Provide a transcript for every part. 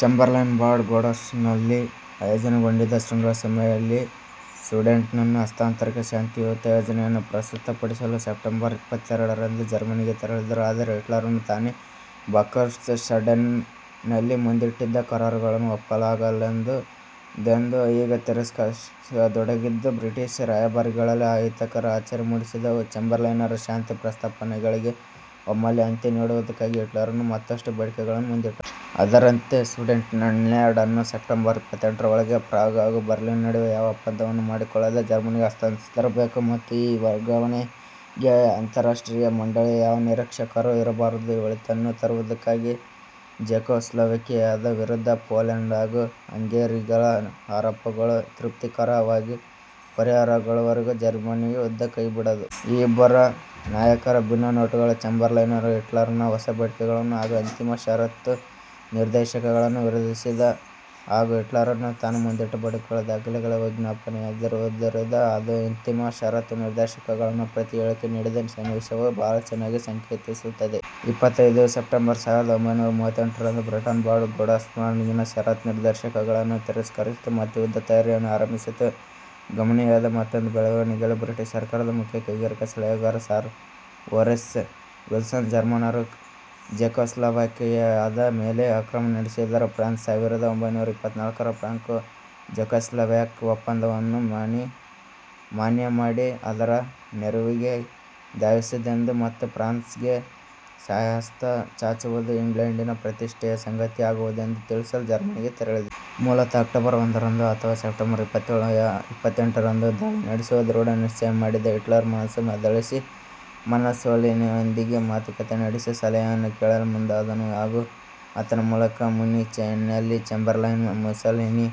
ಚೆಂಬರ್ಲೈನರು Bad Godesberg ನಲ್ಲಿ ಆಯೋಜನೆಗೊಂಡಿದ್ದ ಶೃಂಗಸಭೆಯಲ್ಲಿ ಸುಡೆನ್ಟನ್ ಹಸ್ತಾಂತರಕ್ಕೆ ಶಾಂತಿಯುತ ಯೋಜನೆಯನ್ನು ಪ್ರಸ್ತುತಪಡಿಸಲು ಸೆಪ್ಟೆಂಬರ್ ಇಪ್ಪತ್ತೆರಡರಂದು ಜರ್ಮನಿಗೆ ತೆರಳಿದರು. ಆದರೆ, ಹಿಟ್ಲರನು ತಾನೇ "ಬರ್ಕ್ಟೆಸ್ಗಾಡೆನ್ " ನಲ್ಲಿ ಮುಂದಿಟ್ಟಿದ್ದ ಕರಾರುಗಳನ್ನು ಒಪ್ಪಲಾಗದೆಂದು ಈಗ ತಿರಸ್ಕರಿಸತೊಡಗಿದ್ದು ಬ್ರಿಟಿಷ್ ರಾಯಭಾರಿಗಳಲ್ಲಿ ಅಹಿತಕರ ಅಚ್ಚರಿ ಮೂಡಿಸಿದವು. ಚೆಂಬರ್ಲೈನರ ಶಾಂತಿ ಪ್ರಸ್ತಾಪನೆಗಳಿಗೆ ಒಮ್ಮೆಲೇ ಅಂತ್ಯ ನೀಡುವುದಕ್ಕಾಗಿ ಹಿಟ್ಲರನು ಮತ್ತಷ್ಟು ಬೇಡಿಕೆಗಳನ್ನು ಮುಂದಿಟ್ಟನು. ಅದರಂತೆ- ಸುಡೆನ್ಟೆನ್ಲ್ಯಾಂಡ್ ಅನ್ನು ಸೆಪ್ಟೆಂಬರ್ ಇಪ್ಪತ್ತೆಂಟರ ಒಳಗೆ ಪ್ರಾಗ್ ಹಾಗೂ ಬರ್ಲಿನ್ ನಡುವೆ ಯಾವ ಒಪ್ಪಂದವನ್ನೂ ಮಾಡಿಕೊಳ್ಳದೇ ಜರ್ಮನಿಗೆ ಹಸ್ತಾಂತರಿಸಬೇಕು ಮತ್ತು ಈ ವರ್ಗಾವಣೆಗೆ ಅಂತಾರಾಷ್ಟ್ರೀಯ ಮಂಡಳಿಯ ಯಾವ ನಿರೀಕ್ಷಕರೂ ಇರಬಾರದು; ಒಳಿತನ್ನು ತರುವುದಕ್ಕಾಗಿ, ಝೆಕೋಸ್ಲೋವಾಕಿಯಾದ ವಿರುದ್ಧ ಪೋಲ್ಯಾಂಡ್ ಹಾಗೂ ಹಂಗೆರಿಗಳ ಆರೋಪಗಳು ತೃಪ್ತಿಕರವಾಗಿ ಪರಿಹಾರಗೊಳ್ಳುವವರೆಗೆ ಜರ್ಮನಿಯು ಯುದ್ಧ ಕೈಬಿಡದು. ಈ ಇಬ್ಬರು ನಾಯಕರ ಭಿನ್ನ ನೋಟಗಳು, ಚೆಂಬರ್ಲೈನ್ರು ಹಿಟ್ಲರನ ಹೊಸ ಬೇಡಿಕೆಗಳನ್ನು ಹಾಗೂ ಅಂತಿಮ ಷರತ್ತು ನಿರ್ದೇಶಕಗಳನ್ನು ವಿರೋಧಿಸಿದ, ಹಾಗೂ ಹಿಟ್ಲರನು ತಾನು ಮುಂದಿಟ್ಟ ಬೇಡಿಕೆಗಳ ದಾಖಲೆಯು "ವಿಜ್ಞಾಪನೆ" ಎಂದಿರುವುದರಿದ ಅದು ಅಂತಿಮ ಷರತ್ತು ನಿರ್ದೇಶಕಗಳನ್ನು ಪ್ರತಿ ಹೇಳಿಕೆ ನೀಡಿದ ಸನ್ನಿವೇಶವು ಬಹಳ ಚೆನ್ನಾಗಿ ಸಾಂಕೇತಿಸುತ್ತದೆ. ಇಪ್ಪತ್ತೈದು ಸೆಪ್ಟೆಂಬರ್ ಸಾವಿರದ ಒಂಭೈನೂರ ಮೂವತ್ತೆಂಟರಂದು ಬ್ರಿಟನ್, ಬಾಡ್ ಗೋಡೆಸ್ಬರ್ಗಿನ ಷರತ್ತು ನಿರ್ದೇಶಕಗಳನ್ನು ತಿರಸ್ಕರಿಸಿತು ಮತ್ತು ಯುದ್ಧ ತಯಾರಿಯನ್ನು ಆರಂಭಿಸಿತು. ಗಮನೀಯವಾದ ಮತ್ತೊಂದು ಬೆಳವಣಿಗೆಯಲ್ಲಿ, ಬ್ರಿಟಿಷ್ ಸರ್ಕಾರದ ಮುಖ್ಯ ಕೈಗಾರಿಕಾ ಸಲಹೆಗಾರ ಸರ್ ಹೊರೇಸ್ ವಿಲ್ಸನ್, ಜರ್ಮನ್ನರು ಝೆಕೋಸ್ಲೋವಾಕಿಯಾದ ಮೇಲೆ ಆಕ್ರಮಣ ನಡೆಸಿದರೆ, ಫ್ರಾನ್ಸ್ ಸಾವಿರದ ಒಂಭೈನೂರ ಇಪ್ಪತ್ನಾಲ್ಕರ ಫ್ರಾಂಕೋ ಝೆಕೋಸ್ಲೋವಾಕ್ ಒಪ್ಪಂದವನ್ನು ಮಾನ್ಯ ಮಾಡಿ, ಅದರ ನೆರವಿಗೆ ಧಾವಿಸುವುದೆಂದೂ, ಮತ್ತು "ಫ್ರಾನ್ ಸ್ಗೆ ಸಹಾಯಹಸ್ತ ಚಾಚುವುದು ಇಂಗ್ಲೆಂಡಿನ ಪ್ರತಿಷ್ಠೆಯ ಸಂಗತಿಯಾಗುವುದೆಂದೂ" ತಿಳಿಸಲು ಜರ್ಮನಿಗೆ ತೆರಳಿದರು. ಮೂಲತಃ ಅಕ್ಟೋಬರ್ ಒಂದರಂದು ಅಥವಾ ಸೆಪ್ಟೆಂಬರ್ ಇಪ್ಪತ್ತೇಳು ಯಾ ಇಪ್ಪತ್ತೆಂಟರಂದು ದಾಳಿ ನಡೆಸುವ ಧೃಢ ನಿಶ್ಚಯ ಮಾಡಿದ್ದ ಹಿಟ್ಲರ್, ಮನಸ್ಸು ಬದಲಿಸಿ, ಮುಸೋಲಿನಿಯೊಂದಿಗೆ ಮಾತುಕಥೆ ನಡೆಸಿ ಸಲಹೆಯನ್ನು ಕೇಳಲು ಮುಂದಾದನು ಹಾಗೂ ಆತನ ಮೂಲಕ ಮ್ಯೂನಿಚ್ನಲ್ಲಿ ಚೇಂಬರ್ಲೈನ್, ಮುಸೋಲಿನಿ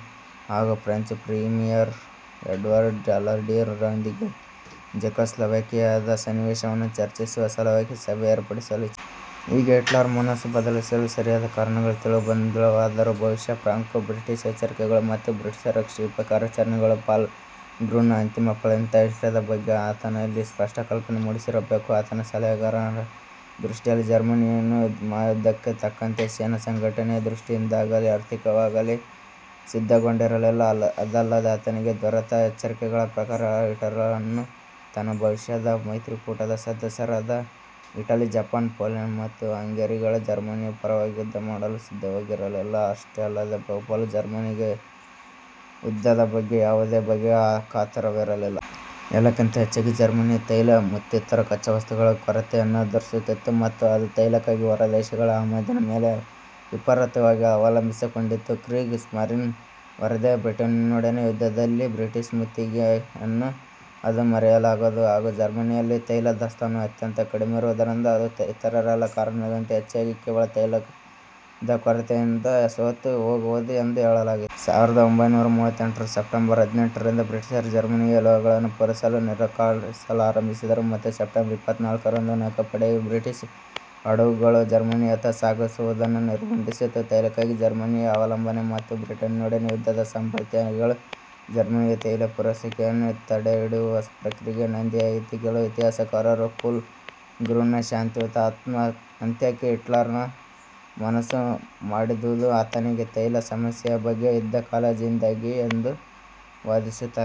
ಹಾಗೂ ಫ್ರೆಂಚ್ ಪ್ರೀಮಿಯರ್ ಎಡ್ವರ್ಡ್ ಡಲಡೀರ್ ರೊಂದಿಗೆ ಝೆಕೋಸ್ಲೋವಾಕಿಯಾದ ಸನ್ನಿವೇಶವನ್ನು ಚರ್ಚಿಸುವ ಸಲುವಾಗಿ ಸಭೆ ಏರ್ಪಡಿಸಲು ಇಚ್ಚಿಸಿದನು. ಹೀಗೆ ಹಿಟ್ಲರ್ ಮನಸ್ಸು ಬದಲಿಸಲು ಸರಿಯಾದ ಕಾರಣಗಳು ತಿಳಿದು ಬಂದಿಲ್ಲವಾದರೂ ಬಹುಶಃ ಫ್ರಾಂಕೋ ಬ್ರಿಟಿಷ್ ಎಚ್ಚರಿಕೆಗಳು ಮತ್ತು ಬ್ರಿಟಿಷರ ಕ್ಷಿಪ್ರ ಕಾರ್ಯಾಚರಣೆಗಳು "ಫಾಲ್ ಗ್ರ್ಯೂನ್ " ನ ಅಂತಿಮ ಫಲಿತಾಂಶದ ಬಗ್ಗೆ ಆತನಲ್ಲಿ ಸ್ಪಷ್ಟ ಕಲ್ಪನೆ ಮೂಡಿಸಿರಬೇಕು. ಆತನ ಸಲಹೆಗಾರರ ದೃಷ್ಟಿಯಲ್ಲಿ ಜರ್ಮನಿಯಿನ್ನೂ ಮಹಾಯುದ್ಧಕ್ಕೆ ತಕ್ಕಂತೆ ಸೇನಾ ಸಂಘಟನೆಯ ದೃಷ್ಟಿಯಿಂದಲಾಗಲೀ ಆರ್ಥಿಕವಾಗಿಯಾಗಲೀ ಸಿದ್ಧಗೊಂಡಿರಲಿಲ್ಲ; ಅದಲ್ಲದೆ ಆತನಿಗೆ ದೊರೆತ ಎಚ್ಚರಿಕೆಗಳ ಪ್ರಕಾರ ಹಿಟ್ಲರನು ತನ್ನ ಭವಿಷ್ಯದ ಮೈತ್ರಿಕೂಟದ ಸದಸ್ಯರಾದ ಇಟಲಿ, ಜಪಾನ್, ಪೋಲ್ಯಾಂಡ್ ಮತ್ತು ಹಂಗೆರಿಗಳು ಜರ್ಮನಿಯ ಪರವಾಗಿ ಯುದ್ಧ ಮಾಡಲು ಸಿದ್ಧವಿರಲಿಲ್ಲ; ಅಷ್ಟೇ ಅಲ್ಲದೆ, ಬಹುಪಾಲು ಜರ್ಮನ್ನರಿಗೆ ಯುದ್ಧದ ಬಗ್ಗೆ ಯಾವುದೇ ಬಗೆಯ ಕಾತರವಿರಲಿಲ್ಲ. ಎಲ್ಲಕ್ಕಿಂತ ಹೆಚ್ಚಾಗಿ, ಜರ್ಮನಿಯು ತೈಲ ಮತ್ತಿತರ ಕಚ್ಚಾವಸ್ತುಗಳ ಕೊರತೆಯನ್ನೆದುರಿಸುತ್ತಿತ್ತು, ಮತ್ತು ಅದು ತೈಲಕ್ಕಾಗಿ ಹೊರದೇಶಗಳ ಆಮದಿನ ಮೇಲೆ ವಿಪರೀತವಾಗಿ ಅವಲಂಬಿಸಿಕೊಂಡಿತ್ತು. "ಕ್ರೀಗ್ ಸ್ಮರಿನ್ " ವರದಿಯಲ್ಲಿ, ಬ್ರಿಟನ್ನಿನೊಡನೆಯ ಯುದ್ಧದಲ್ಲಿ ಬ್ರಿಟಿಷ್ ಮುತ್ತಿಗೆಯನ್ನು ಅದು ಮುರಿಯಲಾಗದು, ಹಾಗೂ ಜರ್ಮನಿಯಲ್ಲಿ ತೈಲ ದಾಸ್ತಾನು ಅತ್ಯಂತ ಕಡಿಮೆ ಇರುವುದರಿಂದ ಅದು ಇತರೆಲ್ಲ ಕಾರಣಗಳಿಗಿಂತ ಹೆಚ್ಚಾಗಿ ಕೇವಲ ತೈಲದ ಕೊರತೆಯಿಂದಲೇ ಸೋತು ಹೋಗುವುದು ಎಂದು ಹೇಳಲಾಗಿತ್ತು. ಸಾವಿರದ ಒಂಭೈನೂರ ಮೂವತ್ತೆಂಟರ ಸೆಪ್ಟೆಂಬರ್ ಹದಿನೆಂಟರಿಂದ ಬ್ರಿಟಿಷರು ಜರ್ಮನಿಗೆ ಲೋಹಗಳನ್ನು ಪೂರೈಸಲು ನಿರಾಕರಿಸಲಾರಂಭಿಸಿದರು, ಮತ್ತು ಸೆಪ್ಟೆಂಬರ್ ಇಪ್ಪತ್ನಾಲ್ಕರಂದು ನೌಕಾಪಡೆಯು ಬ್ರಿಟಿಷ್ ಹಡಗುಗಳು ಜರ್ಮನಿಯತ್ತ ಸಾಗುವುದನ್ನು ನಿರ್ಬಂಧಿಸಿತು. ತೈಲಕ್ಕಾಗಿ ಜರ್ಮನಿಯ ಅವಲಂಬನೆ, ಮತ್ತು ಬ್ರಿಟನ್ನಿನೊಡನೆ ಯುದ್ಧದ ಸಂಭಾವ್ಯತೆಗಳು ಜರ್ಮನಿಗೆ ತೈಲ ಪೂರೈಸುವಿಕೆಯನ್ನು ತಡೆಹಿಡಿಯುವ ಪ್ರಕ್ರಿಯೆಗೆ ನಾಂದಿಯಾಯಿತು. ಕೆಲವು ಇತಿಹಾಸಕಾರರು, "ಫಾಲ್ ಗ್ರ್ಯೂನ್" ನ ಶಾಂತಿಯುತ ಅಂತ್ಯಕ್ಕೆ ಹಿಟ್ಲರ್ ಮನಸು ಮಾಡಿದುದು ಆತನಿಗೆ ತೈಲ ಸಮಸ್ಯೆಯ ಬಗ್ಗೆ ಇದ್ದ ಕಾಳಜಿಯಿಂದಾಗಿಯೇ ಎಂದು ವಾದಿಸುತ್ತಾರೆ.